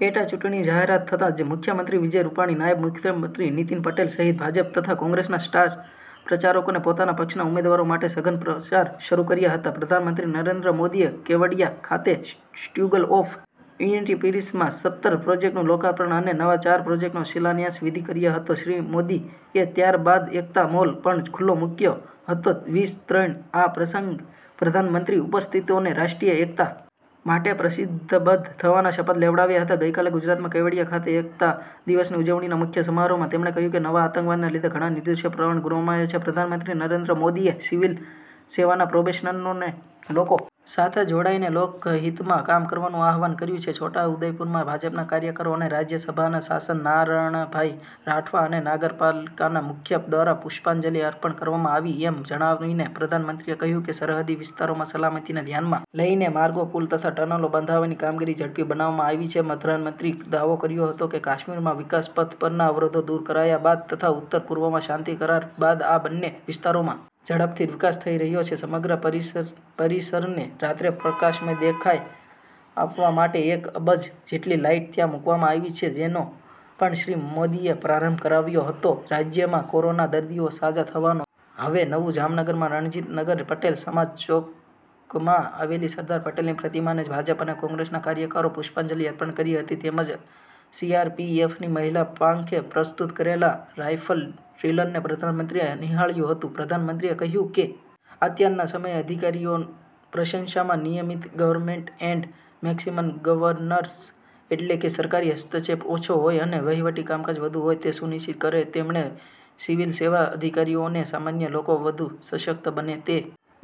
પેટાચૂંટણીની જાહેરાત થતા જ મુખ્યમંત્રી વિજય રૂપાણી નાયબ મુખ્યમંત્રી નીતીન પટેલ સહિત ભાજપ તથા કોંગ્રેસના સ્ટાર પ્રચારકોને પોતાના પક્ષના ઉમેદવારો માટે સઘન પ્રચાર શરૂ કર્યો હતો પ્રધાનમંત્રી નરેન્દ્ર મોદીએ કેવડીયા ખાતે સ્ટેગ્યુ ઓફ યુનિટી પરિસરમાં સત્તર પ્રોજેકટ નું લોકાર્પણ અને નવા ચાર પ્રોજેકટનો શિલાન્યાસ વિધિ કર્યો હતો શ્રી મોદી એ ત્યાર બાદ એકતા મોલ પણ ખુલ્લો મૂક્યો હતો વીસ ત્રણ આ પ્રસંગે પ્રધાનમંત્રીએ ઉપસ્થિતોને રાષ્ટ્રીય એકતા માટે પ્રતિબદ્ધ થવાના શપથ લેવડાવ્યા હતા ગઈકાલે ગુજરાતમાં કેવડિયા ખાતે એકતા દિવસની ઉજવણીના મુખ્ય સમારોહમાં તેમણે કહ્યું કે નવ આતંકવાદના લીધે ઘણાં નિર્દોષોએ પ્રાણ ગુમાવ્યા છે પ્રધાનમંત્રી નરેન્મ મોદીએ સિવીલ સેવાના પ્રોબેશનરોને લોકો સાથે જોડાઇને લોકહિતમાં કામ કરવાનું આહવાન કર્યું છે છોટાઉદેપુરમાં ભાજપના કાર્યકરો અને રાજયસભાના સાંસદ નારણભાઇ રાઠવા અને નગરપાલિકાના પ્રમુખ દ્વારા પુષ્પાંજલિ અર્પણ કરવામાં આવી એમ જણાવીને પ્રધાનમંત્રીએ કહ્યું કે સરહદી વિસ્તારોમાં સલામતીને ધ્યાનમાં લઈને માર્ગો પુલ તથા ટર્નલો બાંધવાની કામગીરી ઝડપી બનાવવામાં આવી છે પ્રધાનમંત્રીએ દાવો કર્યો હતો કે કાશ્મીરમાં વિકાસ પથ પરના અવરોધો દૂર કરાયા બાદ તથા ઉત્તર પૂર્વમાં શાંતિ કરાર બાદ આ બંને વિસ્તારોમાં ઝડપથી વિકાસ થઈ રહ્યો છે સમગ્ર પરિસરને રાત્રે પ્રકાશમય દેખાવ આપવા માટે એક અબજ જેટલી લાઈટ ત્યાં મૂકવામાં આવી છે જેનો પણ શ્રી મોદીએ પ્રારભ કરાવ્યો હતો રાજ્યમાં કોરોનાના દર્દીઓ સાજા થવાનો દર હવે નેવું જામનગરમાં રણજીતનગર પટેલ સમાજ ચોકમાં આવેલી સરદાર પટેલની પ્રતિમાને ભાજપ અને કોંગ્રેસના કાર્યકરોએ પુષ્પાંજલિ અર્પણ કરી હતી તેમજ સીઆરપીએફની મહિલા પાંખે પ્રસ્તુત કરેલા રાયફલ ડ્રીલને પ્રધાનમંત્રીએ નિહાળ્યું હતું પ્રધાનમંત્રીએ કહ્યું કે અત્યારના સમયે અધિકારીઓ પ્રશાસનમાં minimum government and maximum governance એટલે કે સરકારી હસ્તક્ષેપ ઓછો હોય અને વહિવટી કામકાજ વધુ હોય તે સુનિશ્ચિત કરે તેમણે સિવિલ સેવા અધિકારીઓને સામાન્ય લોકો વધુ સશક્ત બને તે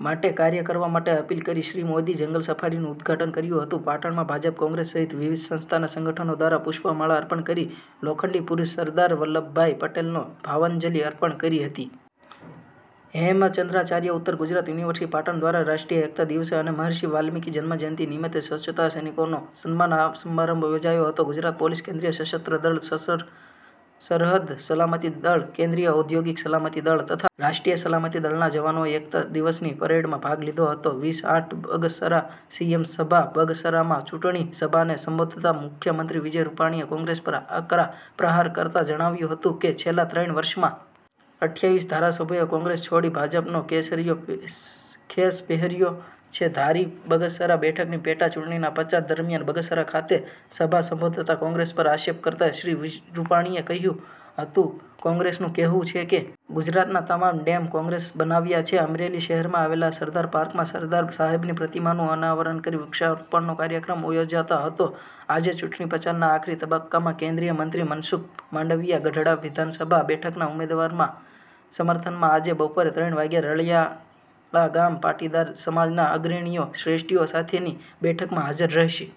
માટે કાર્ય કરવા માટે અપીલ કરી શ્રી મોદીએ જંગલ સફારીનું ઉદ્ધાટન કર્યું હતું પાટણમાં ભાજપ કોંગ્રેસ સહિત વિવિધ સંસ્થાના સંગઠનો દ્વારા પુષ્પમાળા અર્પણ કરી લોખંડી પુરૂષ સરદાર વલ્લભભાઇ પટેલનો ભાવાંજલિ અર્પણ કરી હતી હેમચંદ્રાચાર્ય ઉત્તર ગુજરાત યુનિવર્સિટી પાટણ દ્વારા રાષ્ટ્રીય એકતા દિવસે અને મહર્ષિ વાલ્મિકી જન્મજયંતિ નિમિત્તે સ્વચ્છતા સૈનિકોનો સન્માન સમારંભ યોજાયો હતો ગુજરાત પોલીસ કેન્દ્રિય સશસ્ત્ર દળ સરહદ સલામતી દળ કેન્દ્રિય ઔદ્યોગિક સલામતી દળ તથા રાષ્ટ્રીય સલામતી દળના જવાનોએ એકતા દિવસની પરેડમાં ભાગ લીધો હતો વીસ આઠ બગસરા સીએમ સભા બગસરામાં ચુંટણી સભાને સંબોધતા મુખ્યમંત્રી વિજય રૂપાણીએ કોંગ્રેસ પર આકરા પ્રહાર કરતા જણાવ્યું હતું કે છેલ્લા ત્રણ વર્ષમાં અઠ્ઠાવીસ ધારાસભ્યોએ કોંગ્રેસ છોડી ભાજપનો કેસરીયો ખેસ પહેર્યો છે ધારી બગસરા બેઠકની પેટા ચુંટણી ના પ્રચાર દરમ્યાન બગસરા ખાતે સભા સંબોધતા કોંગ્રેસ પર આક્ષેપ કરતાં શ્રી રૂપાણીએ કહ્યું હતુ કોંગ્રેસનું કહેવું છે કે ગુજરાતના તમામ ડેમ કોંગ્રેસે બનાવ્યા છે અમરેલી શહેરમાં આવેલ સરદાર પાર્કમાં સરદાર સાહેબની પ્રતિમાનું અનાવરણ કરી વૃક્ષારોપણનો કાર્યક્રમ યોજાયો હતો આજે ચૂંટણી પ્રચારના આખરી તબક્કામાં કેન્દ્રિય મંત્રી મનસુખ માંડવીયા ગઢડા વિધાનસભા બેઠકના ઉમેદવારના સમર્થનમાં આજે બપોરે ત્રણ વાગે રણીયાળા ગામે પાટીદાર સમાજના અગ્રણીઓ શ્રેષ્ઠીઓ સાથેની બેઠકમાં હાજર રહેશે।